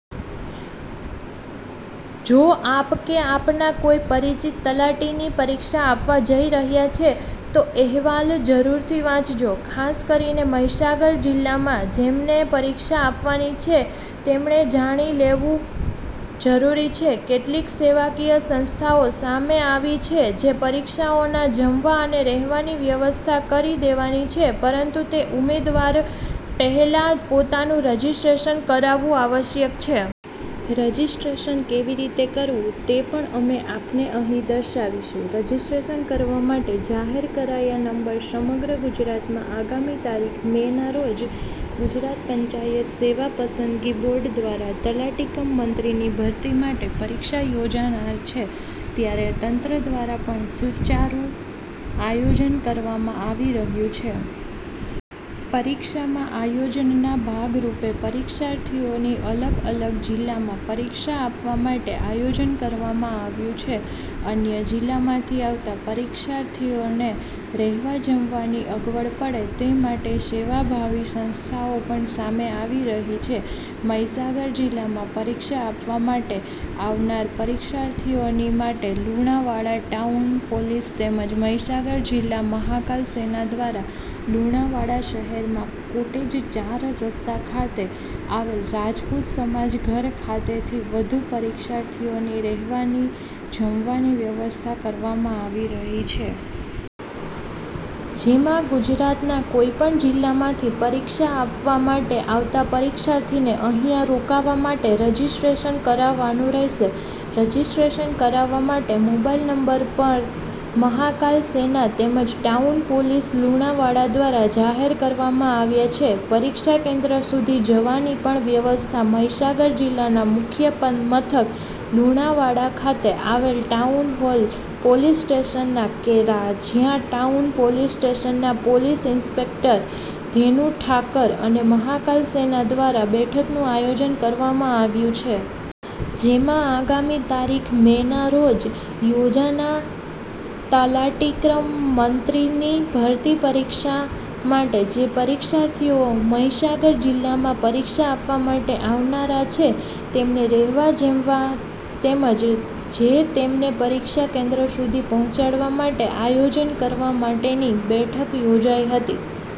જો આપ કે આપના કોઈ પરિચિત તલાટીની પરીક્ષા આપવા જઈ રહ્યા છે તોઅહેવાલ જરૂરથી વાંચશો. ખાસ કરીને મહીસાગર જિલ્લામાં જેમને પરીક્ષા આપવાની છે તેમને જાણી લેવું જરૂરી છે. કેટલીક સેવાકીય સંસ્થાઓ સામે આવી છે જે પરીક્ષાર્થીઓના જમવા અને રહેવાની વ્યવસ્થા કરી દેવાની છે પરંતુ તે ઉમેદવારે પહેલા પોતાનું રજીસ્ટ્રેશન કરાવવું આવશ્યક છે. રજીસ્ટ્રેશન કેવી રીતે કરવું તે પણ અમે આપને અહીં દર્શાવીશું. રજીસ્ટ્રેશન કરવા માટે જાહેર કરાયા નંબર સમગ્ર ગુજરાતમાં આગામી તારીખ મે ના રોજ ગુજરાત પંચાયત સેવા પસંદગી બોર્ડ દ્વારા તલાટી કમ મંત્રીની ભરતી માટે પરીક્ષા યોજાનાર છે, ત્યારે તંત્ર દ્વારા પણ સુચારું આયોજન કરવામાં આવી રહ્યું છે. પરીક્ષામાં આયોજનના ભાગરૂપે પરીક્ષાર્થીઓની અલગ અલગ જિલ્લામાં પરીક્ષા આપવા માટે આયોજન કરવામાં આવ્યું છે. અન્ય જિલ્લામાંથી આવતા પરીક્ષાર્થીને રહેવા જમવાની અગવડપડે તે માટે સેવાભાવિ સંસ્થાઓ પણ સામે આવી રહી છે. મહીસાગર જિલ્લામાં પરીક્ષા આપવા માટે આવનાર પરીક્ષાર્થીઓ માટે લુણાવાડા ટાઉન પોલીસ તેમજ મહીસાગર જિલ્લા મહાકાલ સેના દ્વારા લુણાવાડા શહેરમાં કોટેજ ચાર રસ્તા ખાતે આવેલા રાજપૂત સમાજ ઘર ખાતે થી વધુ પરીક્ષાર્થીઓને રહેવાને જમવાની વ્યવસ્થા કરવામાં આવી છે. જેમાં ગુજરાતના કોઈપણ જિલ્લામાંથી પરીક્ષા આપવા માટે આવતા પરીક્ષાર્થીને અહીંયા રોકાવા માટે રજીસ્ટ્રેશન કરાવવાનું રહેશે રજીસ્ટ્રેશન કરાવવા માટે મોબાઈલ નંબર પણ મહાકાલ સેના તેમજ ટાઉન પોલીસ લુણાવાડા દ્વારા જાહેર કરવામાં આવ્યા છે. પરીક્ષા કેન્દ્ર સુધી જવાની પણ વ્યવસ્થા મહીસાગર જિલ્લાના મુખ્ય મથક લુણાવાડા ખાતે આવેલ ટાઉન પોલીસ સ્ટેશનના કે જ્યાં ટાઉન પોલીસ સ્ટેશનના પોલીસ ઇન્સ્પેક્ટર ધેનુ ઠાકર અને મહાકાલ સેના દ્વારા બેઠકનું આયોજન કરવામાં આવ્યું છે. જેમાં આગામી તારીખ મે ના રોજ યોજાના તલાટી ક્રમમંત્રીની ભરતી પરીક્ષા માટે જે પરીક્ષાર્થીઓ મહીસાગર જિલ્લામાં પરીક્ષા આપવા માટે આવનાર છે. તેમના રહેવા તેમજ જમવા તેમજ જે તેમને પરીક્ષા કેન્દ્ર સુધી પહોંચાડવા માટે આયોજન કરવા માટેની બેઠક યોજાઇ હતી.